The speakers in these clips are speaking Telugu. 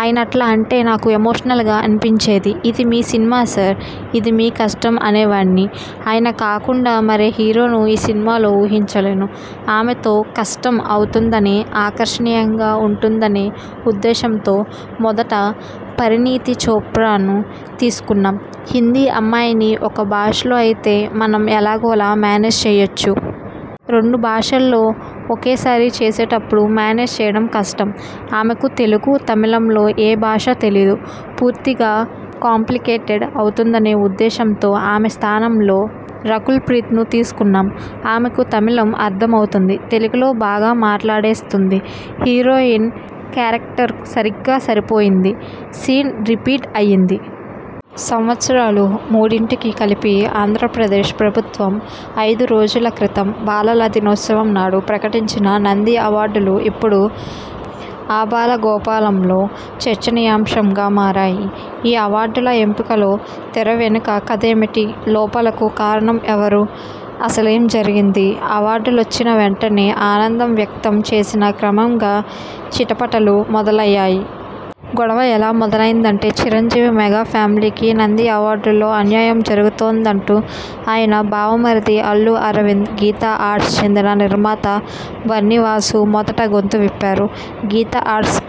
ఆయనట్లా అంటే నాకు ఎమోషనల్గా అనిపించేది. ''ఇది మీ సినిమా సార్. ఇది మీ కష్టం'' అనేవాడ్ని. ఆయన కాకుండా మరే హీరోనూ ఈ సినిమాలో ఊహించలేను. ఆమెతో కష్టం అవుతుందనే ఆకర్షణీయంగా ఉంటుందనే ఉద్దేశంతో మొదట పరిణీతి చోప్రాను తీసుకున్నాం. హిందీ అమ్మాయిని ఒక భాషలో అయితే మనం ఎలాగోలా మేనేజ్ చేయొచ్చు. రెండు భాషల్లో ఒకేసారి చేసేప్పుడు మేనేజ్ చేయడం కష్టం. ఆమెకు తెలుగు, తమిళంలో ఏ భాషా తెలీదు. పూర్తిగా కాంప్లికేటెడ్ అవుతుందనే ఉద్దేశంతో ఆమె స్థానంలో రకుల్ప్రీత్ను తీసకున్నాం. ఆమెకు తమిళం అర్థమవుతుంది. తెలుగులో బాగా మాట్లాడేస్తుంది. హీరోయిన్ కేరక్టర్కు సరిగ్గా సరిపోయింది. సీన్ రిపీట్ అయ్యింది. సంవత్సరాలు మూడింటికీ కలిపి ఆంధ్రప్రదేశ్ ప్రభుత్వం అయిదు రోజుల క్రితం బాలల దినోత్సవం నాడు ప్రకటించిన నంది అవార్డులు ఇప్పుడు ఆబాలగోపాలంలో చర్చనీయాంశంగా మారాయి. ఈ అవార్డుల ఎంపికలో తెర వెనుక కథేమిటి? లోపాలకు కారణం ఎవరు? అసలేం జరిగింది? అవార్డులొచ్చిన వెంటనే ఆనందం వ్యక్తం చేసినా, క్రమంగా చిటపటలు మొదలయ్యాయి. గొడవ ఎలా మొదలైందంటే చిరంజీవి మెగా ఫ్యామిలీకి నంది అవార్డుల్లో అన్యాయం జరుగుతోందంటూ ఆయన బావమరిది అల్లు అరవింద్ గీతా ఆర్ట్స్కు చెందిన నిర్మాత బన్నీ వాసు మొదట గొంతు విప్పారు. గీతా ఆర్ట్స్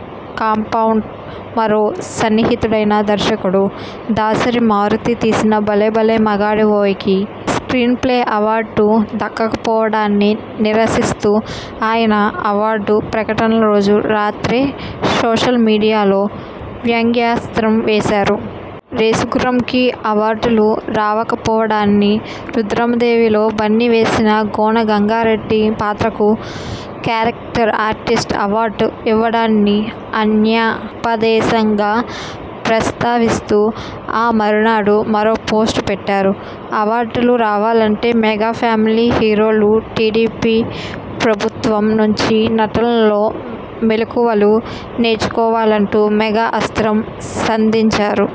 కాంపౌండ్కు మరో సన్నిహితుడైన దర్శకుడు దాసరి మారుతి తీసిన 'భలే భలే మగాడివోయ్'కి స్ర్కీన్ప్లే అవార్డు దక్కకపోవడాన్ని నిరసిస్తూ, ఆయన అవార్డు ప్రకటనల రోజు రాత్రే సోషల్ మీడియాలో వ్యంగ్యాస్త్రం వేశారు. 'రేసుగుర్రం'కి అవార్డులు రాకపోవడాన్నీ, 'రుద్రమదేవి'లో బన్నీ వేసిన గోన గన్నారెడ్డి పాత్రకు క్యారెక్టర్ ఆర్టిస్ట్ అవార్డు ఇవ్వడాన్నీ అన్యాపదేశంగా ప్రస్తావిస్తూ, ఆ మరునాడు మరో పోస్ట్ పెట్టారు. 'అవార్డులు రావాలంటే మెగా ఫ్యామిలీ హీరోలు టీడీపీ ప్రభుత్వం నుంచి నటనలో మెలకువలు నేర్చుకోవా'లంటూ మెగా అస్త్రం సంధించారు.